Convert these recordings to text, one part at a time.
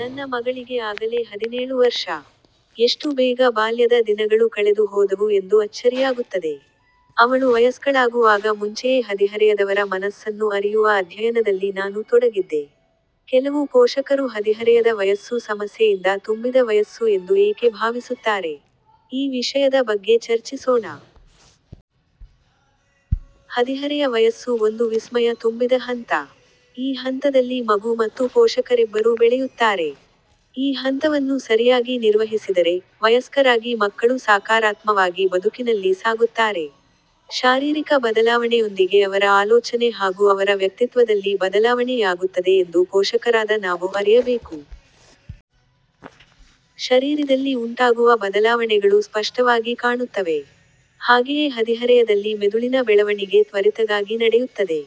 ನನ್ನ ಮಗಳಿಗೆ ಆಗಲೇ ಹದಿನೇಳು ವರ್ಷ. ಎಷ್ಟು ಬೇಗ ಬಾಲ್ಯದ ದಿನಗಳು ಕಳೆದು ಹೋದವು ಎಂದು ಅಚ್ಚರಿಯಾಗುತ್ತದೆ. ಅವಳು ವಯಸ್ಕಳಾಗುವಾಗ ಮುಂಚೆಯೇ ಹದಿಹರೆಯದವರ ಮನಸ್ಸನ್ನು ಅರಿಯುವ ಅಧ್ಯಯನದಲ್ಲಿ ನಾನು ತೊಡಗಿದ್ದೆ. ಕೆಲವು ಪೋಷಕರು ಹದಿಹರೆಯದ ವಯಸ್ಸು ಸಮಸ್ಯೆಯಿಂದ ತುಂಬಿದ ವಯಸ್ಸು ಎಂದು ಏಕೆ ಭಾವಿಸುತ್ತಾರೆ? ಈ ವಿಷಯದ ಬಗ್ಗೆ ಚರ್ಚಿಸೋಣ. ಹದಿಹರೆಯ ವಯಸ್ಸು ಒಂದು ವಿಸ್ಮಯ ತುಂಬಿದ ಹಂತ. ಈ ಹಂತದಲ್ಲಿ ಮಗು ಮತ್ತು ಪೋಷಕರಿಬ್ಬರೂ ಬೆಳೆಯುತ್ತಾರೆ. ಈ ಹಂತವನ್ನು ಸರಿಯಾಗಿ ನಿರ್ವಹಿಸಿದರೆ, ವಯಸ್ಕರಾಗಿ ಮಕ್ಕಳು ಸಾಕಾರಾತ್ಮವಾಗಿ ಬದುಕಿನಲ್ಲಿ ಸಾಗುತ್ತಾರೆ. ಶಾರೀರಿಕ ಬದಲಾವಣೆಯೊಂದಿಗೆ ಅವರ ಆಲೋಚನೆ ಹಾಗೂ ಅವರ ವ್ಯಕ್ತಿತ್ವದಲ್ಲಿ ಬದಲಾವಣೆ ಯಾಗುತ್ತದೆ ಎಂದು ಪೋಷಕರಾದ ನಾವು ಅರಿಯಬೇಕು. ಶರೀರಿದಲ್ಲಿ ಉಂಟಾಗುವ ಬದಲಾವಣೆಗಳು ಸ್ಪಷ್ಟವಾಗಿ ಕಾಣುತ್ತವೆ. ಹಾಗೆಯೇ ಹದಿಹರೆಯದಲ್ಲಿ ಮೆದುಳಿನ ಬೆಳವಣಿಗೆ ತ್ವರಿತಗಾಗಿ ನಡೆಯುತ್ತದೆ.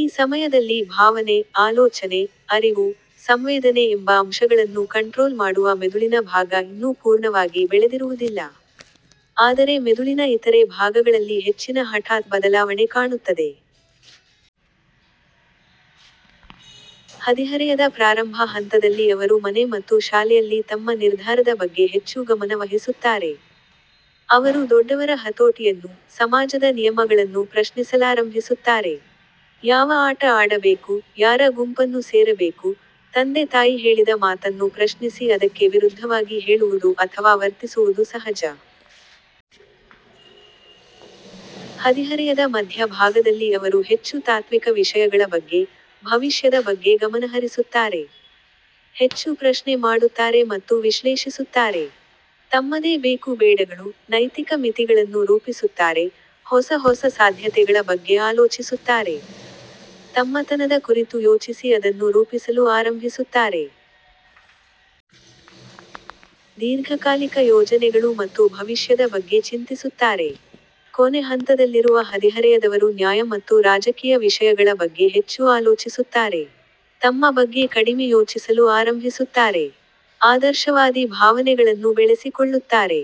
ಈ ಸಮಯದಲ್ಲಿ ಭಾವನೆ, ಆಲೋಚನೆ, ಅರಿವು, ಸಂವೇದನೆ ಎಂಬ ಅಂಶಗಳನ್ನು ಕಂಟ್ರೋಲ್ ಮಾಡುವ ಮೆದುಳಿನ ಭಾಗ ಇನ್ನೂ ಪೂರ್ಣವಾಗಿ ಬೆಳೆದಿರುವುದಿಲ್ಲ. ಆದರೆ ಮೆದುಳಿನ ಇತರೆ ಭಾಗಗಳಲ್ಲಿ ಹೆಚ್ಚಿನ ಹಠಾತ್ ಬದಲಾವಣೆ ಕಾಣುತ್ತದೆ. ಹದಿಹರೆಯದ ಪ್ರಾರಂಭ ಹಂತದಲ್ಲಿ ಅವರು ಮನೆ ಮತ್ತು ಶಾಲೆಯಲ್ಲಿ ತಮ್ಮ ನಿರ್ಧಾರದ ಬಗ್ಗೆ ಹೆಚ್ಚು ಗಮನ ವಹಿಸುತ್ತಾರೆ. ಅವರು ದೊಡ್ಡವರ ಹತೋಟಿಯನ್ನು, ಸಮಾಜದ ನಿಯಮಗಳನ್ನು ಪ್ರಶ್ನಿಸಲಾರಂಭಿಸುತ್ತಾರೆ. ಯಾವ ಆಟ ಆಡಬೇಕು, ಯಾರ ಗುಂಪನ್ನು ಸೇರಬೇಕು, ತಂದೆ ತಾಯಿ ಹೇಳಿದ ಮಾತನ್ನು ಪ್ರಶ್ನಿಸಿ ಅದಕ್ಕೆ ವಿರುದ್ಧವಾಗಿ ಹೇಳುವುದು ಅಥವಾ ವರ್ತಿಸುವುದು ಸಹಜ. ಹದಿಹರೆಯದ ಮಧ್ಯ ಭಾಗದಲ್ಲಿ ಅವರು ಹೆಚ್ಚು ತಾತ್ವಿಕ ವಿಷಯಗಳ ಬಗ್ಗೆ, ಭವಿಷ್ಯದ ಬಗ್ಗೆ ಗಮನಹರಿಸುತ್ತಾರೆ. ಹೆಚ್ಚು ಪ್ರಶ್ನೆ ಮಾಡುತ್ತಾರೆ ಮತ್ತು ವಿಶ್ಲೇಷಿಸುತ್ತಾರೆ. ತಮ್ಮದೇ ಬೇಕು ಬೇಡಗಳು, ನೈತಿಕ ಮಿತಿಗಳನ್ನು ರೂಪಿಸುತ್ತಾರೆ, ಹೊಸ ಹೊಸ ಸಾಧ್ಯತೆಗಳ ಬಗ್ಗೆ ಆಲೋಚಿಸುತ್ತಾರೆ. ತಮ್ಮತನದ ಕುರಿತು ಯೋಚಿಸಿ ಅದನ್ನು ರೂಪಿಸಲು ಆರಂಭಿಸುತ್ತಾರೆ. ದೀರ್ಘಕಾಲಿಕ ಯೋಜನೆಗಳು ಮತ್ತು ಭವಿಷ್ಯದ ಬಗ್ಗೆ ಚಿಂತಿಸುತ್ತಾರೆ. ಕೊನೆ ಹಂತದಲ್ಲಿರುವ ಹದಿಹರೆಯದವರು ನ್ಯಾಯ ಮತ್ತು ರಾಜಕೀಯ ವಿಷಯಗಳ ಬಗ್ಗೆ ಹೆಚ್ಚು ಆಲೋಚಿಸುತ್ತಾರೆ. ತಮ್ಮ ಬಗ್ಗೆ ಕಡಿಮೆ ಯೋಚಿಸಲು ಆರಂಭಿಸುತ್ತಾರೆ. ಆದರ್ಶವಾದಿ ಭಾವನೆಗಳನ್ನು ಬೆಳೆಸಿಕೊಳ್ಳುತ್ತಾರೆ.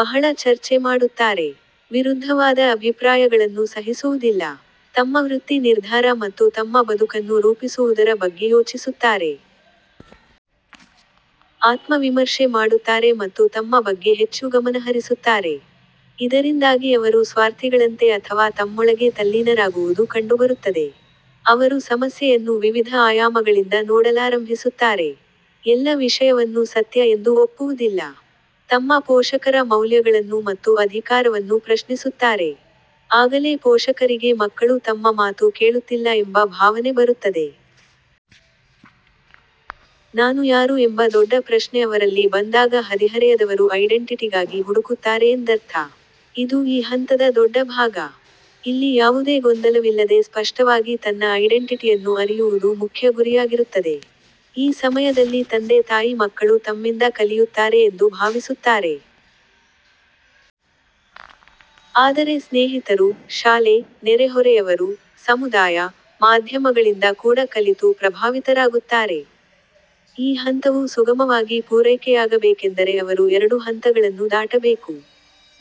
ಬಹಳ ಚರ್ಚೆ ಮಾಡುತ್ತಾರೆ. ವಿರುದ್ಧವಾದ ಅಭಿಪ್ರಾಯಗಳನ್ನು ಸಹಿಸುವುದಿಲ್ಲ. ತಮ್ಮ ವೃತ್ತಿ ನಿರ್ಧಾರ ಮತ್ತು ತಮ್ಮ ಬದುಕನ್ನು ರೂಪಿಸುವುದರ ಬಗ್ಗೆ ಯೋಚಿಸುತ್ತಾರೆ. ಆತ್ಮ ವಿಮರ್ಶೆ ಮಾಡುತ್ತಾರೆ ಮತ್ತು ತಮ್ಮ ಬಗ್ಗೆ ಹೆಚ್ಚು ಗಮನಹರಿಸುತ್ತಾರೆ. ಇದರಿಂದಾಗಿ ಅವರು ಸ್ವಾರ್ಥಿಗಳಂತೆ ಅಥವಾ ತಮ್ಮೊಳಗೆ ತಲ್ಲೀನರಾಗುವುದು ಕಂಡುಬರುತ್ತದೆ. ಅವರು ಸಮಸ್ಯೆಯನ್ನು ವಿವಿಧ ಆಯಾಮಗಳಿಂದ ನೋಡಲಾರಂಭಿಸುತ್ತಾರೆ. ಎಲ್ಲ ವಿಷಯವನ್ನು ಸತ್ಯ ಎಂದು ಒಪ್ಪುವುದಿಲ್ಲ. ತಮ್ಮ ಪೋಷಕರ ಮೌಲ್ಯಗಳನ್ನು ಮತ್ತು ಅಧಿಕಾರವನ್ನು ಪ್ರಶ್ನಿಸುತ್ತಾರೆ. ಆಗಲೇ ಪೋಷಕರಿಗೆ ಮಕ್ಕಳು ತಮ್ಮ ಮಾತು ಕೇಳುತ್ತಿಲ್ಲ ಎಂಬ ಭಾವನೆ ಬರುತ್ತದೆ. ನಾನು ಯಾರು ಎಂಬ ದೊಡ್ಡ ಪ್ರಶ್ನೆ ಅವರಲ್ಲಿ ಬಂದಾಗ ಹದಿಹರೆಯದವರು ಐಡೆಂಟಿಟಿಗಾಗಿ ಹುಡುಕುತ್ತಾರೆ ಎಂದರ್ಥ. ಇದು ಈ ಹಂತದ ದೊಡ್ಡ ಭಾಗ. ಇಲ್ಲಿ ಯಾವುದೇ ಗೊಂದಲವಿಲ್ಲದೆ ಸ್ಪಷ್ಟವಾಗಿ ತನ್ನ ಐಡೆಂಟಿಟಿಯನ್ನು ಅರಿಯುವುದು ಮುಖ್ಯ ಗುರಿಯಾಗಿರುತ್ತದೆ. ಈ ಸಮಯದಲ್ಲಿ ತಂದೆ ತಾಯಿ ಮಕ್ಕಳು ತಮ್ಮಿಂದ ಕಲಿಯುತ್ತಾರೆ ಎಂದು ಭಾವಿಸುತ್ತಾರೆ. ಆದರೆ ಸ್ನೇಹಿತರು, ಶಾಲೆ, ನೆರೆಹೊರೆಯವರು, ಸಮುದಾಯ, ಮಾಧ್ಯಮಗಳಿಂದ ಕೂಡ ಕಲಿತು ಪ್ರಭಾವಿತರಾಗುತ್ತಾರೆ. ಈ ಹಂತವು ಸುಗಮವಾಗಿ ಪೂರೈಕೆಯಾಗಬೇಕೆಂದರೆ ಅವರು ಎರಡು ಹಂತಗಳನ್ನು ದಾಟಬೇಕು.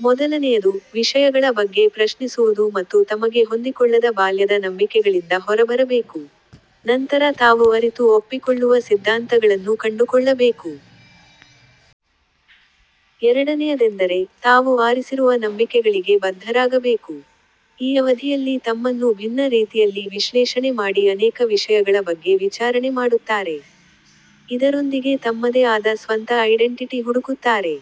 ಮೊದಲನೆಯದು, ವಿಷಯಗಳ ಬಗ್ಗೆ ಪ್ರಶ್ನಿಸುವುದು ಮತ್ತು ತಮಗೆ ಹೊಂದಿಕೊಳ್ಳದ ಬಾಲ್ಯದ ನಂಬಿಕೆಗಳಿಂದ ಹೊರಬರಬೇಕು. ನಂತರ ತಾವು ಅರಿತು ಒಪ್ಪಿಕೊಳ್ಳುವ ಸಿದ್ದಾಂತಗಳನ್ನು ಕಂಡುಕೊಳ್ಳಬೇಕು. ಎರಡನೆಯದೆಂದರೆ, ತಾವು ಆರಿಸಿರುವ ನಂಬಿಕೆಗಳಿಗೆ ಬದ್ಧರಾಗಬೇಕು. ಈ ಅವಧಿಯಲ್ಲಿ ತಮ್ಮನ್ನು ಭಿನ್ನ ರೀತಿಯಲ್ಲಿ ವಿಶ್ಲೇಷಣೆ ಮಾಡಿ ಅನೇಕ ವಿಷಯಗಳ ಬಗ್ಗೆ ವಿಚಾರಣೆ ಮಾಡುತ್ತಾರೆ. ಇದರೊಂದಿಗೆ ತಮ್ಮದೇ ಆದ ಸ್ವಂತ ಐಡೆಂಟಿಟೀ ಹುಡುಕುತ್ತಾರೆ.